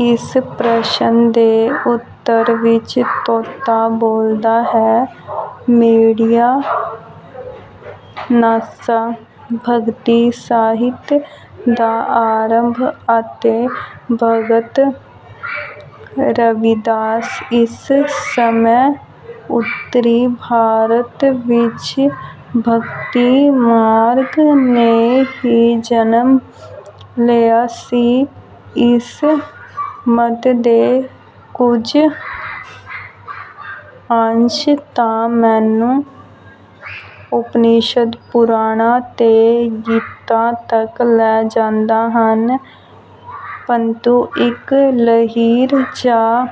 ਇਸ ਪ੍ਰਸ਼ਨ ਦੇ ਉੱਤਰ ਵਿੱਚ ਤੋਤਾ ਬੋਲਦਾ ਹੈ ਮਿੱਡੀਆਂ ਨਾਸਾ। ਭਗਤੀ ਸਾਹਿਤ ਦਾ ਆਰੰਭ ਅਤੇ ਭਗਤ ਰਵੀਦਾਸ ਇਸ ਸਮੇਂ ਉੱਤਰੀ ਭਾਰਤ ਵਿੱਚ ਭਗਤੀ ਮਾਰਗ ਨੇ ਵੀ ਜਨਮ ਲੈ ਲਿਆ ਸੀ। ਇਸ ਮੱਤ ਦੇ ਕੁਝ ਅੰਸ਼ ਤਾਂ ਸਾਨੂੰ ਉਪਨਿਸ਼ਦ ਪੁਰਾਣਾਂ ਤੇ ਗੀਤਾ ਤੱਕ ਲੈ ਜਾਂਦੇ ਹਨ ਪ੍ਰਤੂੰ ਇੱਕ ਲਹਿਰ ਜਾਂ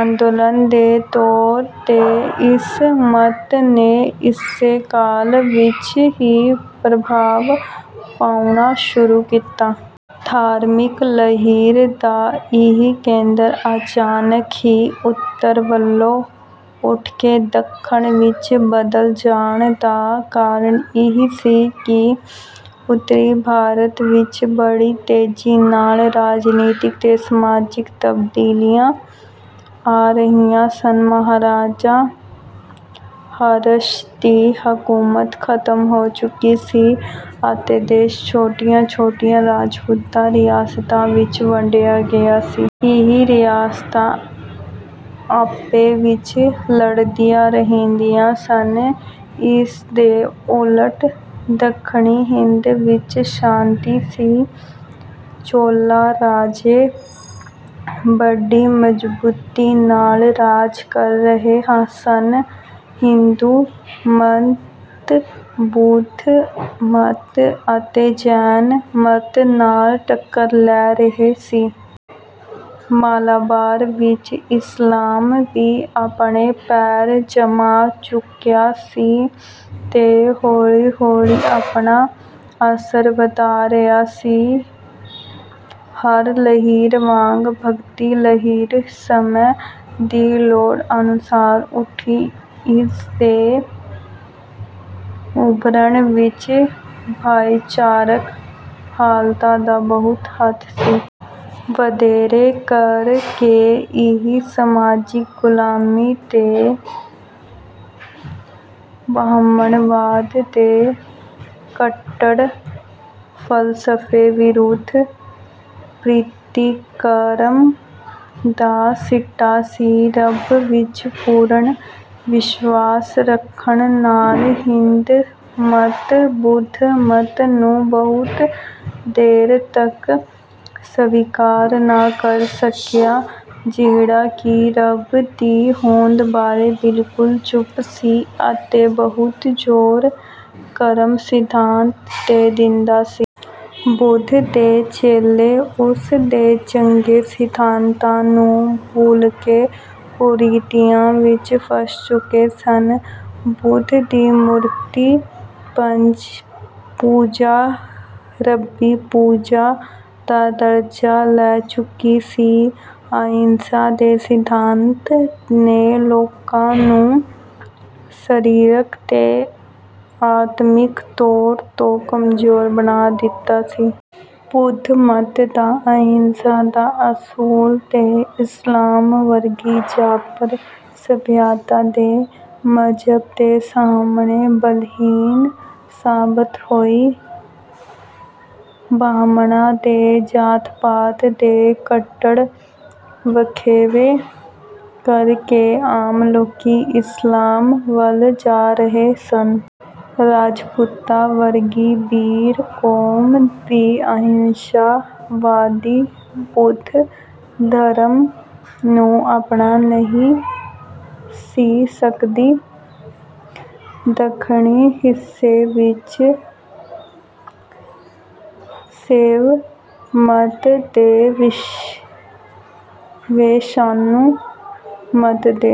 ਅੰਦੋਲਨ ਦੇ ਤੌਰ ਤੇ ਇਸ ਮੱਤ ਨੇ ਇਸੇ ਕਾਲ ਵਿੱਚ ਹੀ ਪ੍ਰਭਾਵ ਪਾਉਣਾ ਸ਼ੁਰੂ ਕੀਤਾ। ਧਾਰਮਿਕ ਲਹਿਰ ਦਾ ਇਹ ਕੇਂਦਰ ਅਚਾਨਕ ਹੀ ਉੱਤਰ ਵੱਲੋਂ ਉੱਠਕੇ ਦੱਖਣ ਵਿੱਚ ਬਦਲ ਜਾਣ ਦਾ ਕਾਰਨ ਇਹ ਸੀ ਕਿ ਉੱਤਰੀ ਭਾਰਤ ਵਿੱਚ ਬੜੀ ਤੇਜ਼ੀ ਨਾਲ ਰਾਜਨੀਤਕ ਤੇ ਸਮਾਜਿਕ ਤਬਦੀਲੀਆਂ ਆ ਰਹੀਆਂ ਸਨ। ਮਹਾਰਾਜਾ ਹਰਸ਼ ਦੀ ਹਕੂਮਤ ਖ਼ਤਮ ਹੋ ਚੁੱਕੀ ਸੀ ਅਤੇ ਦੇਸ਼ ਛੋਟੀਆਂ ਛੋਟੀਆਂ ਰਾਜਪੂਤ ਰਿਆਸਤਾਂ ਵਿੱਚ ਵੰਡਿਆ ਗਿਆ ਸੀ। ਇਹ ਰਿਆਸਤਾਂ ਆਪੋ ਵਿੱਚ ਲੜਦੀਆਂ ਰਹਿੰਦੀਆਂ ਸਨ। ਇਸ ਦੇ ਉਲਟ ਦੱਖਣੀ ਹਿੰਦ ਵਿੱਚ ਸ਼ਾਂਤੀ ਸੀ। ਚੋਲਾ ਰਾਜੇ ਬੜੀ ਮਜ਼ਬੂਤੀ ਨਾਲ ਰਾਜ ਕਰ ਰਹੇ ਸਨ। ਹਿੰਦੂ ਮੱਤ ਬੁੱਧ ਮੱਤ ਅਤੇ ਜੈਨ ਮੱਤ ਨਾਲ ਟੱਕਰ ਲੈ ਰਿਹਾ ਸੀ। ਮਾਲਾਬਾਰ ਵਿੱਚ ਇਸਲਾਮ ਵੀ ਆਪਣੇ ਪੈਰ ਜਮਾ ਚੁੱਕਾ ਸੀ ਤੇ ਹੌਲੀ ਹੌਲੀ ਆਪਣਾ ਅਸਰ ਵਧਾ ਰਿਹਾ ਸੀ। ਹਰ ਲਹਿਰ ਵਾਂਗ ਭਗਤੀ ਲਹਿਰ ਸਮੇਂ ਦੀ ਲੋੜ ਅਨੁਸਾਰ ਉੱਠੀ। ਇਸ ਦੇ ਉਭਰਨ ਵਿੱਚ ਭਾਈਚਾਰਕ ਹਾਲਤਾਂ ਦਾ ਬਹੁਤ ਹੱਥ ਸੀ। ਵਧੇਰੇ ਕਰ ਕੇ ਇਹ ਸਮਾਜਿਕ ਗ਼ੁਲਾਮੀ ਤੇ ਬ੍ਰਾਹਮਣਵਾਦ ਦੇ ਕੱਟੜ ਫ਼ਲਸਫੇ ਵਿਰੁੱਧ ਪ੍ਰਤੀਕਰਮ ਦਾ ਸਿੱਟਾ ਸੀ। ਰੱਬ ਵਿੱਚ ਪੂਰਨ ਵਿਸ਼ਵਾਸ ਰੱਖਣ ਵਾਲਾ ਹਿੰਦੂ ਮੱਤ ਬੁੱਧ ਮੱਤ ਨੂੰ ਬਹੁਤ ਦੇਰ ਤੱਕ ਸਵੀਕਾਰ ਨਾ ਕਰ ਸਕਿਆ ਜਿਹੜਾ ਕਿ ਰੱਬ ਦੀ ਹੋਂਦ ਬਾਰੇ ਬਿਲਕੁਲ ਚੁੱਪ ਸੀ ਅਤੇ ਬਹੁਤ ਜ਼ੋਰ ਕਰਮ ਸਿਧਾਂਤ ਤੇ ਦਿੰਦਾ ਸੀ। ਬੁੱਧ ਦੇ ਚੇਲੇ ਉਸ ਦੇ ਚੰਗੇ ਸਿਧਾਂਤਾਂ ਨੂੰ ਭੁੱਲਕੇ ਕੁਰੀਤੀਆਂ ਵਿੱਚ ਫਸ ਚੁੱਕੇ ਸਨ। ਬੁੱਧ ਦੀ ਮੂਰਤੀ ਪੂਜਾ ਰੱਬੀ ਪੂਜਾ ਦਾ ਦਰਜਾ ਲੈ ਚੁੱਕੀ ਸੀ। ਅਹਿੰਸਾ ਦੇ ਸਿਧਾਂਤ ਨੇ ਲੋਕਾਂ ਨੂੰ ਸਰੀਰਕ ਤੇ ਆਤਮਿਕ ਤੌਰ ਤੇ ਕਮਜ਼ੋਰ ਬਣਾ ਦਿੱਤਾ ਸੀ। ਬੁੱਧ ਮੱਤ ਦਾ ਅਹਿੰਸਾ ਦਾ ਅਸੂਲ ਤੇ ਇਸਲਾਮ ਵਰਗੀ ਜਾਬਰ ਸੱਭਿਅਤਾ ਤੇ ਮਜ਼੍ਹਬ ਦੇ ਸਾਹਮਣੇ ਬਲਹੀਣ ਸਾਬਤ ਹੋਈ। ਬ੍ਰਾਹਮਣਾਂ ਦੇ ਜਾਤ ਪਾਤ ਦੇ ਕੱਟੜ ਵਖੇਵੇਂ ਕਰ ਕੇ ਆਮ ਲੋਕੀ ਇਸਲਾਮ ਵੱਲ ਜਾ ਰਹੇ ਸਨ। ਰਾਜਪੂਤਾਂ ਵਰਗੀ ਬੀਰ ਕੌਮ ਵੀ ਅਹਿੰਸਾ ਵਾਦੀ ਬੁੱਧ ਧਰਮ ਨੂੰ ਅਪਣਾ ਨਹੀਂ ਸੀ ਸਕਦੀ। ਦੱਖਣੀ ਹਿੱਸੇ ਵਿੱਚ ਸ਼ੈਵ ਮੱਤ ਤੇ ਵੈਸ਼ਨੂੰ ਮੱਤ ਦੇ